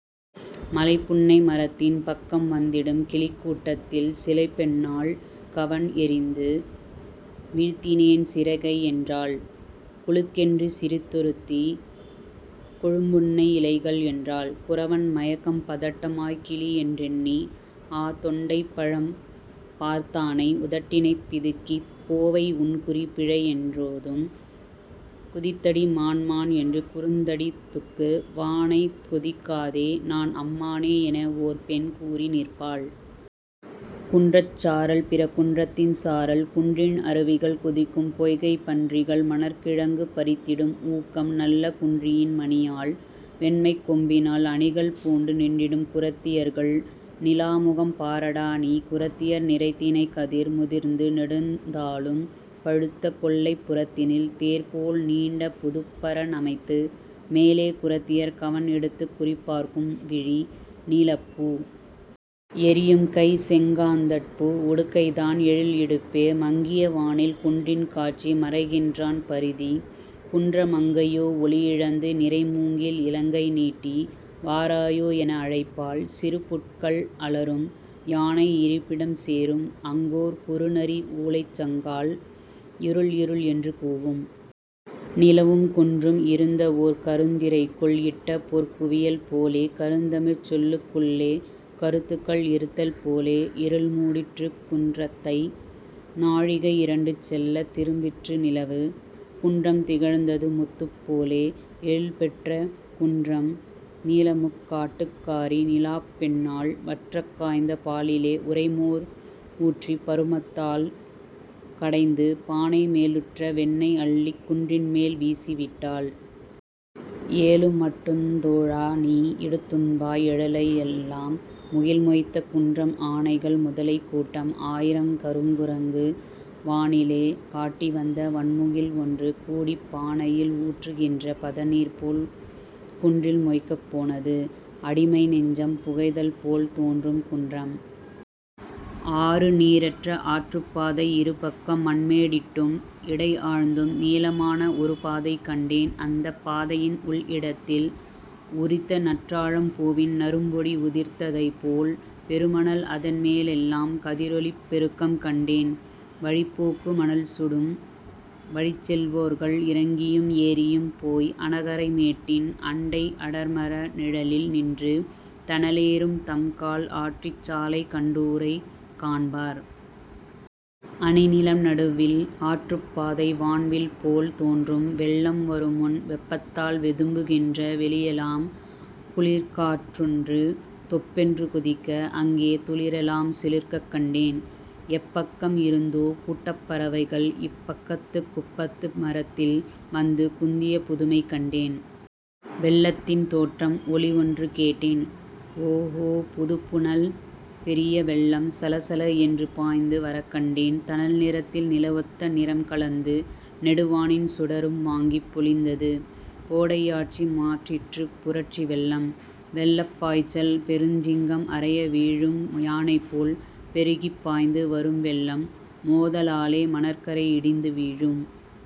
மலைப்புன்னை மரத்தின் பக்கம் வந்திடும் கிளிக்கூட் டத்தில், சிலைப்பெண்ணாள் கவண் எறிந்து, வீழ்த்தினேன் சிறகை என்றாள். குலுக்கென்று சிரித்தொ ருத்தி "கொழும்புன்னை இலைகள்" என்றாள்! குறவன் மயக்கம் பதட்டமாய்க் கிளிஎன் றெண்ணி ஆதொண்டைப் பழம்பார்த் தானை உதட்டினைப் பிதுக்கிக் "கோவை" உன்குறி பிழைஎன் றோதும்! குதித்தடி மான்மான் என்று குறுந்தடி துக்கு வானைக் கொதிக்காதே நான் அம்மானே எனஓர் பெண் கூறி நிற்பாள்! குன்றச் சாரல், பிற குன்றத்தின் "சாரல்", குன்றின் அருவிகள் குதிக்கும் "பொய்கை" பன்றிகள் மணற்கி ழங்கு பறித்திடும் "ஊக்கம்" நல்ல குன்றியின் மணியால், வெண்மைக் கொம்பினால் அணிகள் பூண்டு நின்றிடும் குறத்தி யர்கள் "நிலாமுகம்" பாரடா நீ! குறத்தியர் "நிறைதினைக் கதிர்" முதிர்ந்து நெடுந்தாளும் பழுத்த கொல்லைப் புறத்தினில் தேர் போல் நீண்ட புதுப்பரண் அமைத்து, மேலே குறத்தியர் கவண் எடுத்துக் குறிப்பார்க்கும் விழி, நீ லப்பூ! எறியும்கை, செங்காந் தட்பூ! உடுக்கைதான் எழில்இ டுப்பே! மங்கிய வானில் குன்றின் காட்சி மறைகின்றான் பரிதி; குன்ற மங்கையோ ஒளியிழந்து, நிறைமூங்கில் இளங்கை நீட்டி வாராயோ எனஅ ழைப்பாள்! சிறுபுட்கள் அலறும்! யானை இருப்பிடம் சேரும்! அங்கோர் குறுநரி ஊளைச் சங்கால் இருள் இருள் என்று கூவும்! நிலவும் குன்றும் இருந்தஓர் கருந்தி ரைக்குள் இட்டபொற் குவியல் போலே, கருந்தமிழ்ச் சொல்லுக் குள்ளே கருத்துக்கள் இருத்தல் போலே இருள்மூடிற் றுக்குன் றத்தை! நாழிகை இரண்டு செல்லத் திரும்பிற்று நிலவு; குன்றம் திகழ்ந்தது முத்துப் போலே! எழில் பெற்ற குன்றம் நீலமுக் காட்டுக் காரி நிலாப்பெண்ணாள், வற்றக் காய்ந்த பாலிலே உறைமோர் ஊற்றிப் பருமத்தால் கடைந்து, பானை மேலுற்ற வெண்ணெய் அள்ளிக் குன்றின்மேல் வீசி விட்டாள்! ஏலுமட் டுந்தோ ழாநீ எடுத்துண்பாய் எழலை எல்லாம்! முகில் மொய்த்த குன்றம் ஆனைகள், முதலைக் கூட்டம், ஆயிரம் கருங்கு ரங்கு, வானிலே காட்டி வந்த வண்முகில் ஒன்று கூடிப் பானயில் ஊற்று கின்ற பதநீர்போல் குன்றில் மொய்க்கப் போனது. அடிமை நெஞ்சம் புகைதல்போல் தோன்றும் குன்றம்!. ஆறு நீரற்ற ஆற்றுப்பாதை இருபக்கம் மண்மே டிட்டும், இடைஆழ்ந்தும், நீள மான ஒருபாதை கண்டேன், அந்தப் பாதையின் உள்இ டத்தில் உரித்தநற் றாழம் பூவின் நறும்பொடி உதிர்த்த தைப்போல் பெருமணல், அதன்மே லெல்லாம் கதிரொளிப் பெருக்கம், கண்டேன்! வழிப் போக்கு மணல்சுடும்; வழிச்செல் வோர்கள், இறங்கியும் ஏறியும் போய் அணகரை மேட்டின் அண்டை அடர்மர நிழலில் நின்று தணலேறும் தம்கால் ஆற்றிச் சாலைகண் டூரைக் காண்பார். அணிநிலம் நடுவில் ஆற்றுப் பாதை "வான்வில்" போல் தோன்றும். வெள்ளம் வருமுன் வெப்பத்தால் வெதும்பு கின்ற வெளியெலாம் குளிர்காற் றொன்று தொப்பென்று குதிக்க, அங்கே துளிரெலாம் சிலிர்க்கக் கண்டேன். எப்பக்கம் இருந்தோ கூட்டப் பறவைகள் இப்பக் கத்துக் குப்பத்து மரத்தில் வந்து குந்திய புதுமை கண்டேன். வெள்ளத்தின் தோற்றம் ஒலிஒன்று கேட்டேன். ஓஓ புதுப்புனல்! பெரிய வெள்ளம், சலசல என்று பாய்ந்து வரக்கண்டேன் தணல் நிறத்தில் நிலவொத்த நிறம்க லந்து நெடுவானின் சுடரும் வாங்கிப் பொலிந்தது! கோடை யாட்சி மாற்றிற்றுப் புரட்சி வெள்ளம். வெள்ளப் பாய்ச்சல் பெருஞ்சிங்கம் அரைய வீழும் யானைபோல் பெருகிப் பாய்ந்து வரும்வெள்ளம், மோத லாலே மணற்கரை இடிந்து வீழும்!